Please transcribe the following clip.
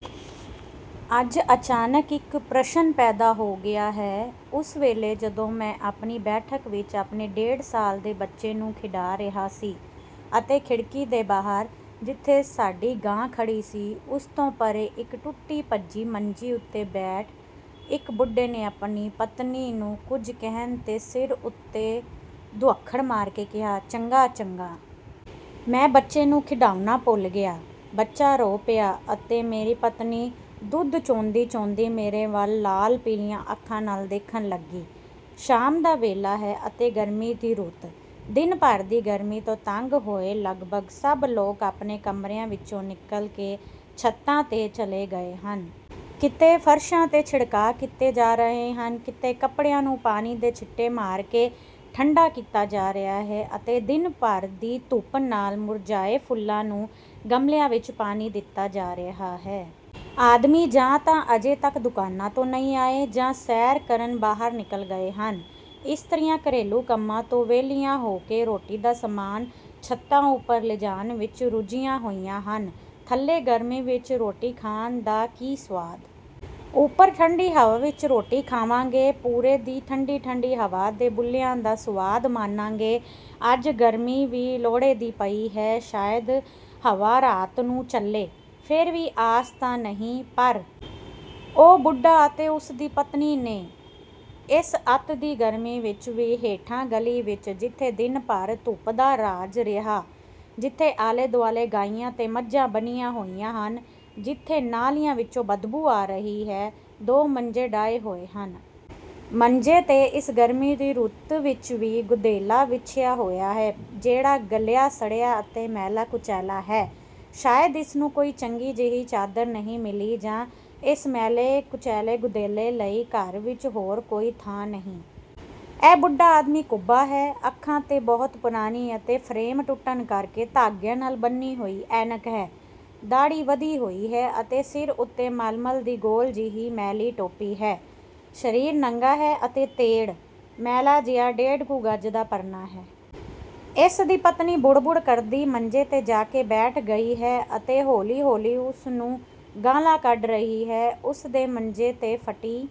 ਅੱਜ ਅਚਾਨਕ ਇੱਕ ਪ੍ਰਸ਼ਨ ਪੈਦਾ ਹੋ ਗਿਆ ਹੈ। ਉਸ ਵੇਲੇ, ਜਦੋਂ ਮੈਂ ਆਪਣੀ ਬੈਠਕ ਵਿੱਚ ਆਪਣੇ ਡੇਢ ਸਾਲ ਦੇ ਬੱਚੇ ਨੂੰ ਖਿਡਾ ਰਿਹਾ ਸੀ ਅਤੇ ਖਿੜਕੀ ਦੇ ਬਾਹਰ, ਜਿੱਥੇ ਸਾਡੀ ਗਾਂ ਖੜ੍ਹੀ ਸੀ, ਉਸ ਤੋਂ ਪਰ੍ਹੇ ਇੱਕ ਟੁੱਟੀ-ਭੱਜੀ ਮੰਜੀ ਉੱਤੇ ਬੈਠੇ ਇੱਕ ਬੁੱਢੇ ਨੇ ਆਪਣੀ ਪਤਨੀ ਦੇ ਕੁਝ ਕਹਿਣ 'ਤੇ ਸਿਰ ਉੱਤੇ ਦੁਹੱਥੜ ਮਾਰ ਕੇ ਕਿਹਾ, "ਚੰਗਾ, ਚੰਗਾ।" ਮੈਂ ਬੱਚੇ ਨੂੰ ਖਿਡਾਉਣਾ ਭੁੱਲ ਗਿਆ। ਬੱਚਾ ਰੋ ਪਿਆ ਅਤੇ ਮੇਰੀ ਪਤਨੀ ਦੁੱਧ ਚੋਂਦੀ-ਚੋਂਦੀ ਮੇਰੇ ਵੱਲ ਲਾਲ-ਪੀਲੀਆਂ ਅੱਖਾਂ ਨਾਲ ਦੇਖਣ ਲੱਗੀ। ਸ਼ਾਮ ਦਾ ਵੇਲਾ ਹੈ ਅਤੇ ਗਰਮੀ ਦੀ ਰੁੱਤ। ਦਿਨ ਭਰ ਦੀ ਗਰਮੀ ਤੋਂ ਤੰਗ ਹੋਏ ਲਗਭਗ ਸਭ ਲੋਕ ਆਪਣੇ ਕਮਰਿਆਂ ਵਿੱਚੋਂ ਨਿਕਲ ਕੇ ਛੱਤਾਂ 'ਤੇ ਚਲੇ ਗਏ ਹਨ। ਕਿਤੇ ਫ਼ਰਸ਼ਾਂ 'ਤੇ ਛਿੜਕਾਅ ਕੀਤੇ ਜਾ ਰਹੇ ਹਨ, ਕਿਤੇ ਕੱਪੜਿਆਂ ਨੂੰ ਪਾਣੀ ਦੇ ਛਿੱਟੇ ਮਾਰ ਕੇ ਠੰਢਾ ਕੀਤਾ ਜਾ ਰਿਹਾ ਹੈ ਅਤੇ ਦਿਨ ਭਰ ਦੀ ਧੁੱਪ ਨਾਲ ਮੁਰਝਾਏ ਫੁੱਲਾਂ ਨੂੰ ਗਮਲਿਆਂ ਵਿੱਚ ਪਾਣੀ ਦਿੱਤਾ ਜਾ ਰਿਹਾ ਹੈ। ਆਦਮੀ ਜਾਂ ਤਾਂ ਅਜੇ ਤੱਕ ਦੁਕਾਨਾਂ ਤੋਂ ਨਹੀਂ ਆਏ ਜਾਂ ਸੈਰ ਕਰਨ ਬਾਹਰ ਨਿਕਲ ਗਏ ਹਨ। ਇਸਤਰੀਆਂ ਘਰੇਲੂ ਕੰਮਾਂ ਤੋਂ ਵਿਹਲੀਆਂ ਹੋ ਕੇ ਰੋਟੀ ਦਾ ਸਾਮਾਨ ਛੱਤਾਂ ਉੱਪਰ ਲਿਜਾਣ ਵਿੱਚ ਰੁੱਝੀਆਂ ਹੋਈਆਂ ਹਨ—ਥੱਲੇ ਗਰਮੀ ਵਿੱਚ ਰੋਟੀ ਖਾਣ ਦਾ ਕੀ ਸੁਆਦ? ਉੱਪਰ ਠੰਢੀ ਹਵਾ ਵਿੱਚ ਰੋਟੀ ਖਾਵਾਂਗੇ, ਪੁਰੇ ਦੀ ਠੰਢੀ-ਠੰਢੀ ਹਵਾ ਦੇ ਬੁੱਲਿਆਂ ਦਾ ਸੁਆਦ ਮਾਣਾਂਗੇ। ਅੱਜ ਗਰਮੀ ਵੀ ਲੋਹੜੇ ਦੀ ਪਈ ਹੈ, ਸ਼ਾਇਦ ਹਵਾ ਰਾਤ ਨੂੰ ਚੱਲੇ। ਫਿਰ ਵੀ ਆਸ ਤਾਂ ਨਹੀਂ, ਪਰ ਉਹ ਬੁੱਢਾ ਅਤੇ ਉਸ ਦੀ ਪਤਨੀ ਨੇ ਇਸ ਅਤਿ ਦੀ ਗਰਮੀ ਵਿੱਚ ਵੀ ਹੇਠਾਂ ਗਲੀ ਵਿੱਚ, ਜਿੱਥੇ ਦਿਨ ਭਰ ਧੁੱਪ ਦਾ ਰਾਜ ਰਿਹਾ, ਜਿੱਥੇ ਆਲੇ-ਦੁਆਲੇ ਗਾਈਆਂ ਤੇ ਮੱਝਾਂ ਬੰਨ੍ਹੀਆਂ ਹੋਈਆਂ ਹਨ, ਜਿੱਥੇ ਨਾਲੀਆਂ ਵਿੱਚੋਂ ਬਦਬੂ ਆ ਰਹੀ ਹੈ, ਦੋ ਮੰਜੇ ਡਾਹੇ ਹੋਏ ਹਨ। ਮੰਜੇ 'ਤੇ ਇਸ ਗਰਮੀ ਦੀ ਰੁੱਤ ਵਿੱਚ ਵੀ ਗੁਦੈਲਾ ਵਿਛਿਆ ਹੋਇਆ ਹੈ, ਜਿਹੜਾ ਗਲਿਆ-ਸੜਿਆ ਅਤੇ ਮੈਲਾ-ਕੁਚੈਲਾ ਹੈ। ਸ਼ਾਇਦ ਇਸ ਨੂੰ ਕੋਈ ਚੰਗੀ ਜਿਹੀ ਚਾਦਰ ਨਹੀਂ ਮਿਲੀ ਜਾਂ ਇਸ ਮੈਲੇ-ਕੁਚੈਲੇ ਗੁਦੈਲੇ ਲਈ ਘਰ ਵਿੱਚ ਹੋਰ ਕੋਈ ਥਾਂ ਨਹੀਂ। ਇਹ ਬੁੱਢਾ ਆਦਮੀ ਕੁੱਬਾ ਹੈ। ਅੱਖਾਂ 'ਤੇ ਬਹੁਤ ਪੁਰਾਣੀ ਅਤੇ ਫ਼ਰੇਮ ਟੁੱਟਣ ਕਾਰਨ ਧਾਗਿਆਂ ਨਾਲ ਬੰਨ੍ਹੀ ਹੋਈ ਐਨਕ ਹੈ। ਦਾੜ੍ਹੀ ਵਧੀ ਹੋਈ ਹੈ ਅਤੇ ਸਿਰ ਉੱਤੇ ਮਲਮਲ ਦੀ ਗੋਲ ਜਿਹੀ ਮੈਲੀ ਟੋਪੀ ਹੈ, ਸਰੀਰ ਨੰਗਾ ਹੈ ਅਤੇ ਤੇੜ ਮੈਲਾ ਜਿਹਾ ਡੇਢ ਕੁ ਗਜ਼ ਦਾ ਪਰਨਾ ਹੈ। ਇਸ ਦੀ ਪਤਨੀ ਬੁੜ-ਬੁੜ ਕਰਦੀ ਮੰਜੇ 'ਤੇ ਜਾ ਕੇ ਬੈਠ ਗਈ ਹੈ ਅਤੇ ਹੌਲੀ-ਹੌਲੀ ਉਸ ਨੂੰ ਗਾਲ੍ਹਾਂ ਕੱਢ ਰਹੀ ਹੈ। ਉਸ ਦੇ ਮੰਜੇ 'ਤੇ ਫਟੀ